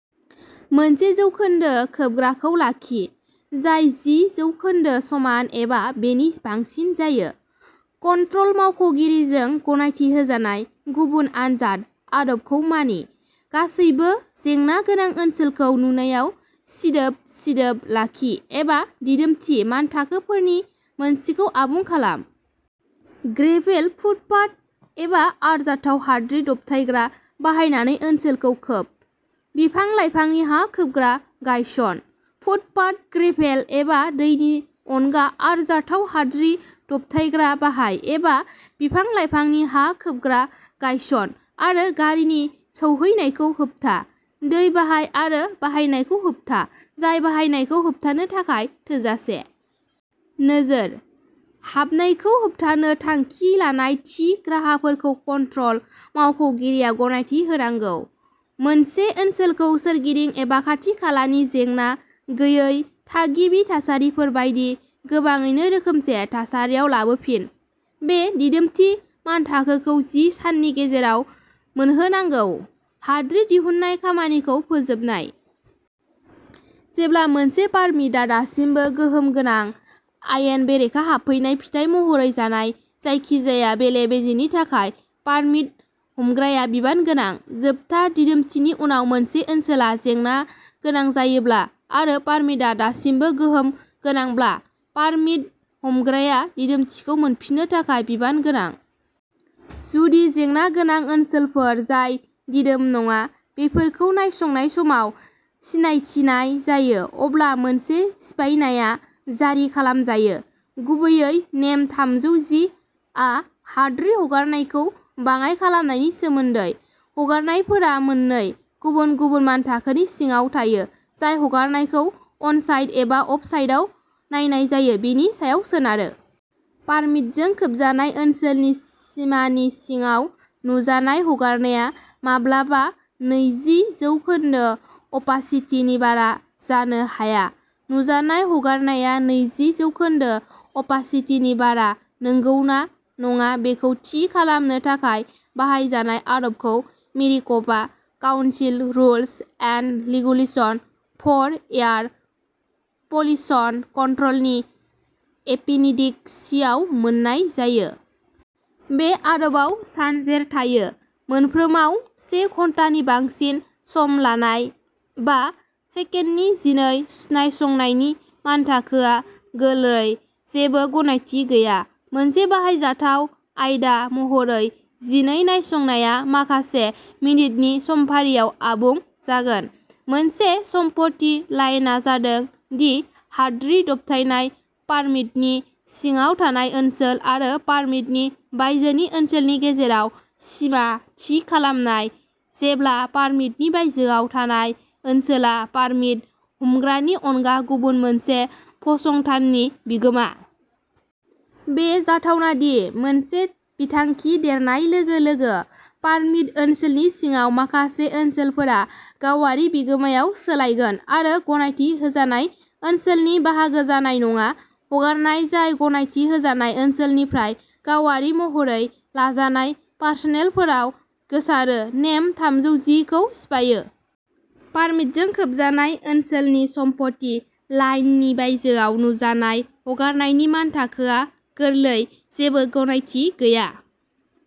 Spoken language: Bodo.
मोनसे जौखोन्दो खोबग्राखौ लाखि जाय जि जौखोन्दो समान एबा बेनि बांसिन जायो। कन्ट्रल मावख'गिरिजों गनायथि होजानाय गुबुन आनजाद आदबखौ मानि। गासैबो जेंना गोनां ओनसोलफोरखौ नुनायाव सिदोब-सिदोब लाखि एबा दिदोमथि मानथाखोफोरनि मोनसेखौ आबुं खालाम। ग्रेभेल, फुटपाथ, एबा आरजाथाव हाद्रि दबथायग्रा बाहायनानै ओनसोलखौ खोब। बिफां-लाइफांनि हा खोबग्रा गायसन। फुटपाथ, ग्रेभेल एबा दैनि अनगा आरजाथाव हाद्रि दबथायग्रा बाहाय एबा बिफां-लाइफांनि हा खोबग्रा गायस'न आरो गारिनि सौहैनायखौ होबथा। दै बाहाय आरो बाहायनायखौ होबथा जाय बाहायनायखौ होबथानो थाखाय थोजासे। नोजोरः हाबनायखौ होबथानो थांखि लानाय थि राहाफोरखौ कन्ट्रल मावख'गिरिया गनायथि होनांगौ। मोनसे ओनसोलखौ सोरगिदिं एबा खाथि-खालानि जेंना गैयै थागिबि थासारिफोर बायदि गोबाङैनो रोखोमसे थासारियाव लाबोफिन। बे दिदोमथि मानथाखोखौ जि साननि गेजेराव मोनहोनांगौ। हाद्रि दिहुन्नाय खामानिखौ फोजोबनाय। जेब्ला मोनसे पारमिटआ दासिमबो गोहोम गोनां, आयेन बेरेखा हाबफैनायनि फिथाय महरै जानाय जायखिजाया बेले-बेजेनि थाखाय पारमिट हमग्राया बिबान गोनां। जोबथा दिदोमथिनि उनाव मोनसे ओनसोला जेंना गोनां जायोब्ला आरो पारमिटआ दासिमबो गोहोम गोनांब्ला, पारमिट हमग्राया दिदोमथिखौ मोनफिननो थाखाय बिबान गोनां। जुदि जेंना गोनां ओनसोलफोर जाय दिदोम नङा बेफोरखौ नायसंनाय समाव सिनायथिनाय जायो, अब्ला मोनसे सिफायनाया जारि खालामजायो। गुबैयै, नेम थामजौ जि आ हाद्रि हगारनायखौ बाङाइ खालामनायनि सोमोन्दै। हगारनायफोरा मोननै गुबुन-गुबुन मानथाखोनि सिङाव थायो, जाय हगारनायखौ अनसाइट एबा अफ-साइटआव नायनाय जायो बेनि सायाव सोनारो। पारमिटजों खोबजानाय ओनसोलनि सिमानि सिङाव, नुजानाय हगारनाया माब्लाबाबो नैजि जौखोन्दो अपासिटिनि बारा जानो हाया। नुजानाय हगारनाया नैजि जौखोन्दो अपासिटिनि बारा नंगौना नङा बेखौ थि खालामनो थाखाय बाहायजानाय आदबखौ Maricopa county rules and regulations for air pollution कन्ट्र'लनि एपेनडिक सि आव मोन्नाय जायो। बे आदबाव सानजेर थायो। मोनफ्रोमाव से घन्टानि बांसिन सम लानाय बा सेकेन्डनि जिनै नायसंनायनि मानथाखोआ गोरलै जेबो गनायथि गैया। मोनसे बाहायजाथाव आयदा महरै जिनै नायसंनाया माखासे मिनिटनि समफारियाव आबुं जागोन। मोनसे सम्पथि लाइनआ जादों दि हाद्रि दबथायनाय पारमिटनि सिङाव थानाय ओनसोल आरो पारमिटनि बायजोनि ओनसोलनि गेजेराव सिमा थि खालामनाय, जेब्ला पारमिटनि बायजोआव थानाय ओनसोला पारमिट हमग्रानि अनगा गुबुन मोनसे फसंथाननि बिगोमा। बेयो जाथावना दि, मोनसे बिथांखि देरनाय लोगो-लोगो, पारमिट ओनसोलनि सिङाव माखासे ओनसोलफोरा गावारि बिगोमायाव सोलायगोन आरो गनायथि होजानाय ओनसोलनि बाहागो जानाय नङा। हगारनाय जाय गनायथि होजानाय ओनसोलनिफ्राय गावारि महरै लाजानाय पारसेलफोराव गोसारो, नेम थामजौ जि खौ सिफायो। पारमिटजों खोबजानाय ओनसोलनि सम्पथि लाइननि बायजोआव नुजानाय हगारनायनि मानथाखोआ गोरलै जेबो गनायथि गैया।